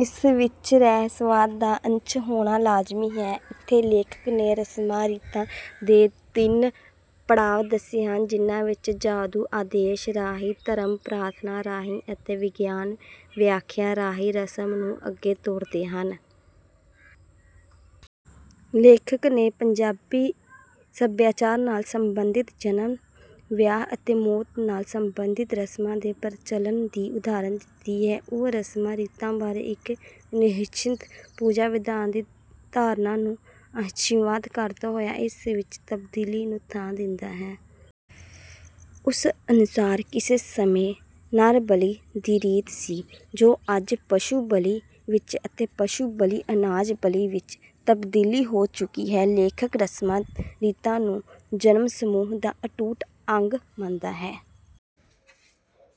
ਇਸ ਵਿੱਚ ਰਹੱਸਵਾਦ ਦਾ ਅੰਸ਼ ਹੋਣਾ ਲਾਜ਼ਮੀ ਹੈ। ਇੱਥੇ ਲੇਖਕ ਨੇ ਰਸਮਾਂ ਰੀਤਾਂ ਦੇ ਤਿੰਨ ਪੜਾਅ ਦੱਸੇ ਹਨ ਜਿਨ੍ਹਾਂ ਵਿੱਚ ਜਾਦੂ ਆਦੇਸ਼ ਰਾਹੀਂ ਧਰਮ ਪ੍ਰਾਰਥਨਾ ਰਾਹੀਂ ਅਤੇ ਵਿਗਿਆਨ ਵਿਆਖਿਆ ਰਾਹੀਂ ਰਸਮ ਨੂੰ ਅੱਗੇ ਤੋਰਦੇ ਹਨ। ਲੇਖਕ ਨੇ ਪੰਜਾਬੀ ਸੱਭਿਆਚਾਰ ਨਾਲ ਸੰਬੰਧਿਤ ਜਨਮ ਵਿਆਹ ਅਤੇ ਮੌਤ ਨਾਲ ਸਬੰਧਿਤ ਰਸਮਾਂ ਦੇ ਪ੍ਰਚਲਨ ਦੀ ਉਦਾਹਰਨ ਦਿੱਤੀ ਹੈ। ਉਹ ਰਸਮਾਂ ਰੀਤਾਂ ਬਾਰੇ ਇੱਕ ਨਿਸ਼ਚਿਤ ਪੂਜਾ ਵਿਧਾਨ ਦੀ ਧਾਰਨਾ ਨੂੰ ਅਸਵੀਕਾਰਦਾ ਹੋਇਆ ਇਸ ਵਿੱਚ ਤਬਦੀਲੀ ਨੂੰ ਥਾਂ ਦਿੰਦਾ ਹੈ। ਉਸ ਅਨੁਸਾਰ ਕਿਸੇ ਸਮੇਂ ਨਰ ਬਲੀ ਦੀ ਰੀਤ ਸੀ ਜੋ ਅੱਜ ਪਸ਼ੂ ਬਲੀ ਵਿੱਚ ਅਤੇ ਪਸ਼ੂ ਬਲੀ ਅਨਾਜ ਬਲੀ ਵਿੱਚ ਤਬਦੀਲ ਹੋ ਚੁੱਕੀ ਹੈ। ਲੇਖਕ ਰਸਮਾਂ ਰੀਤਾਂ ਨੂੰ ਜਨਸਮੂਹ ਦਾ ਅਟੁੱਟ ਅੰਗ ਮੰਨਦਾ ਹੈ।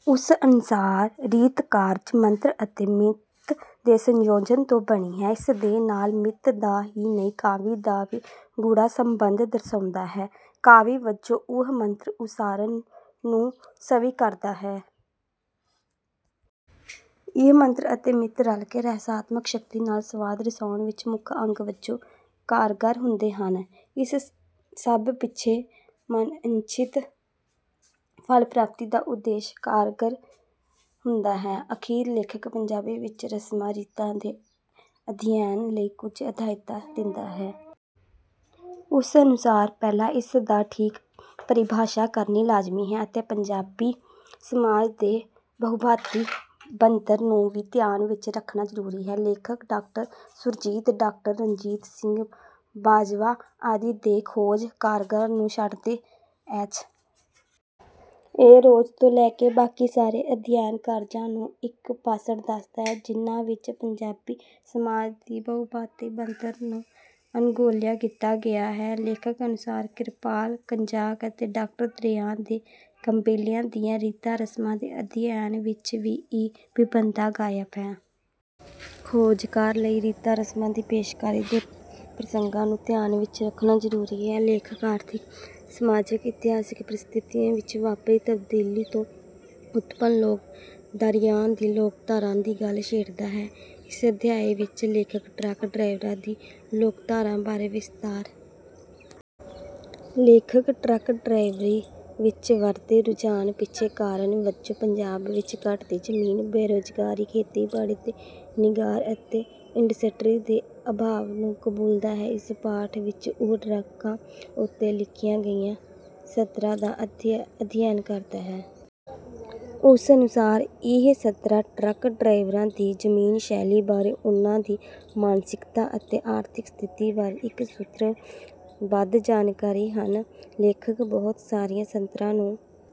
ਉਸ ਅਨੁਸਾਰ ਰੀਤ ਕਾਰਜ ਮੰਤਰ ਅਤੇ ਮਿੱਥ ਦੇ ਸੰਯੋਜਨ ਤੋਂ ਬਣੀ ਹੈ। ਇਸ ਦੇ ਨਾਲ ਮਿੱਥ ਦਾ ਹੀ ਨਹੀਂ ਕਾਵਿ ਦਾ ਵੀ ਗੂੜ੍ਹਾ ਸੰਬੰਧ ਦਰਸਾਉਂਦਾ ਹੈ। ਕਾਵਿ ਵਜੋਂ ਉਹ ਮੰਤਰ ਉਚਾਰਨ ਨੂੰ ਸਵੀਕਾਰਦਾ ਹੈ। ਇਹ ਮੰਤਰ ਅਤੇ ਮਿੱਥ ਰਲਕੇ ਰਹੱਸਾਤਮਕ ਸ਼ਕਤੀ ਨਾਲ ਸੰਵਾਦ ਰਚਾਉਣ ਵਿੱਚ ਮੁੱਖ ਅੰਗ ਵਜੋਂ ਕਾਰਗਾਰ ਹੁੰਦੇ ਹਨ। ਇਸ ਸਭ ਪਿੱਛੇ ਮਨਇੱਛਤ ਫਲ ਪ੍ਰਾਪਤੀ ਦਾ ਉਦੇਸ਼ ਕਾਰਗਰ ਹੁੰਦਾ ਹੈ। ਅਖੀਰ ਲੇਖਕ ਪੰਜਾਬੀ ਵਿੱਚ ਰਸਮਾਂ ਰੀਤਾਂ ਦੇ ਅਧਿਐਨ ਲਈ ਕੁਝ ਹਿਦਾਇਤਾਂ ਦਿੰਦਾ ਹੈ। ਉਸ ਅਨੁਸਾਰ ਪਹਿਲਾਂ ਇਸ ਦੀ ਠੀਕ ਪਰਿਭਾਸ਼ਾ ਕਰਨੀ ਲਾਜ਼ਮੀ ਹੈ ਅਤੇ ਪੰਜਾਬੀ ਸਮਾਜ ਦੇ ਬਹੁਭਾਂਤੀ ਬਣਤਰ ਨੂੰ ਵੀ ਧਿਆਨ ਵਿੱਚ ਰੱਖਣਾ ਜ਼ਰੂਰੀ ਹੈ। ਲੇਖਕ ਡਾਕਟਰ ਸੁਰਜੀਤ ਡਾਕਟਰ ਰਣਜੀਤ ਸਿੰਘ ਬਾਜਵਾ ਆਦਿ ਦੇ ਖੋਜ ਕਾਰਜਾਂ ਨੂੰ ਛੱਡਕੇ ਐੱਚ. ਏ. ਰੋਜ਼ ਤੋਂ ਲੈਕੇ ਬਾਕੀ ਸਾਰੇ ਅਧਿਐਨ ਕਾਰਜਾਂ ਨੂੰ ਇੱਕ ਪਾਸੜ ਦੱਸਦਾ ਹੈ ਜਿਨ੍ਹਾਂ ਵਿੱਚ ਪੰਜਾਬੀ ਸਮਾਜ ਦੀ ਬਹੁਭਾਂਤੀ ਬਣਤਰ ਨੂੰ ਅਣਗੌਲਿਆ ਕੀਤਾ ਗਿਆ ਹੈ। ਲੇਖਕ ਅਨੁਸਾਰ ਕਿਰਪਾਲ ਕਜ਼ਾਕ ਅਤੇ ਡਾਕਟਰ ਦਰਿਆ ਦੇ ਕਬੀਲਿਆਂ ਦੀਆਂ ਰੀਤਾਂ ਰਸਮਾਂ ਦੇ ਅਧਿਐਨ ਵਿੱਚ ਵੀ ਇਹ ਵਿਭਿੰਨਤਾ ਗਾਇਬ ਹੈ। ਖੋਜਕਾਰ ਲਈ ਰੀਤਾਂ ਰਸਮਾਂ ਦੀ ਪੇਸ਼ਕਾਰੀ ਦੇ ਪ੍ਰਸੰਗਾਂ ਨੂੰ ਧਿਆਨ ਵਿੱਚ ਰੱਖਣਾ ਜ਼ਰੂਰੀ ਹੈ। ਲੇਖਕ ਆਰਥਿਕ ਸਮਾਜਕ ਇਤਿਹਾਸਕ ਪਰਿਸਥਿਤੀਆਂ ਵਿੱਚ ਵਾਪਰੀ ਤਬਦੀਲੀ ਤੋਂ ਉਤਪੰਨ ਲੋਕ ਦਾਇਰਿਆਂ ਦੀ ਲੋਕਧਾਰਾ ਦੀ ਗੱਲ ਛੇੜਦਾ ਹੈ। ਇਸ ਅਧਿਆਇ ਵਿੱਚ ਲੇਖਕ ਟਰੱਕ ਡਰਾਈਵਰਾਂ ਦੀ ਲੋਕਧਾਰਾ ਬਾਰੇ ਵਿਸਤਾਰ ਸਹਿਤ ਗੱਲ ਕਰਦਾ ਹੈ। ਲੇਖਕ ਟਰੱਕ ਡਰਾਈਵਰੀ ਵਿੱਚ ਵਧਦੇ ਰੁਝਾਨ ਪਿੱਛੇ ਕਾਰਨ ਵਜੋਂ ਪੰਜਾਬ ਵਿੱਚ ਘਟਦੀ ਜ਼ਮੀਨ ਬੇਰੋਜ਼ਗਾਰੀ ਖੇਤੀਬਾੜੀ ਦੇ ਨਿਘਾਰ ਅਤੇ ਇੰਡਸਟਰੀ ਦੇ ਅਭਾਵ ਨੂੰ ਕਬੂਲਦਾ ਹੈ। ਇਸ ਪਾਠ ਵਿੱਚ ਉਹ ਟਰੱਕਾਂ ਉੱਤੇ ਲਿਖੀਆਂ ਗਈਆਂ ਸਤਰਾਂ ਦਾ ਅਧਿਐਨ ਕਰਦਾ ਹੈ। ਉਸ ਅਨੁਸਾਰ ਇਹ ਸਤਰਾਂ ਟਰੱਕ ਡਰਾਈਵਰਾਂ ਦੀ ਜੀਵਨ ਸ਼ੈਲੀ ਬਾਰੇ ਉਨ੍ਹਾਂ ਦੀ ਮਾਨਸਿਕਤਾ ਅਤੇ ਆਰਥਿਕ ਸਥਿਤੀ ਬਾਰੇ ਇੱਕ ਸੂਤਰ ਬੱਧ ਜਾਣਕਾਰੀ ਹਨ। ਲੇਖਕ ਬਹੁਤ ਸਾਰੀਆਂ ਸਤਰਾਂ ਨੂੰ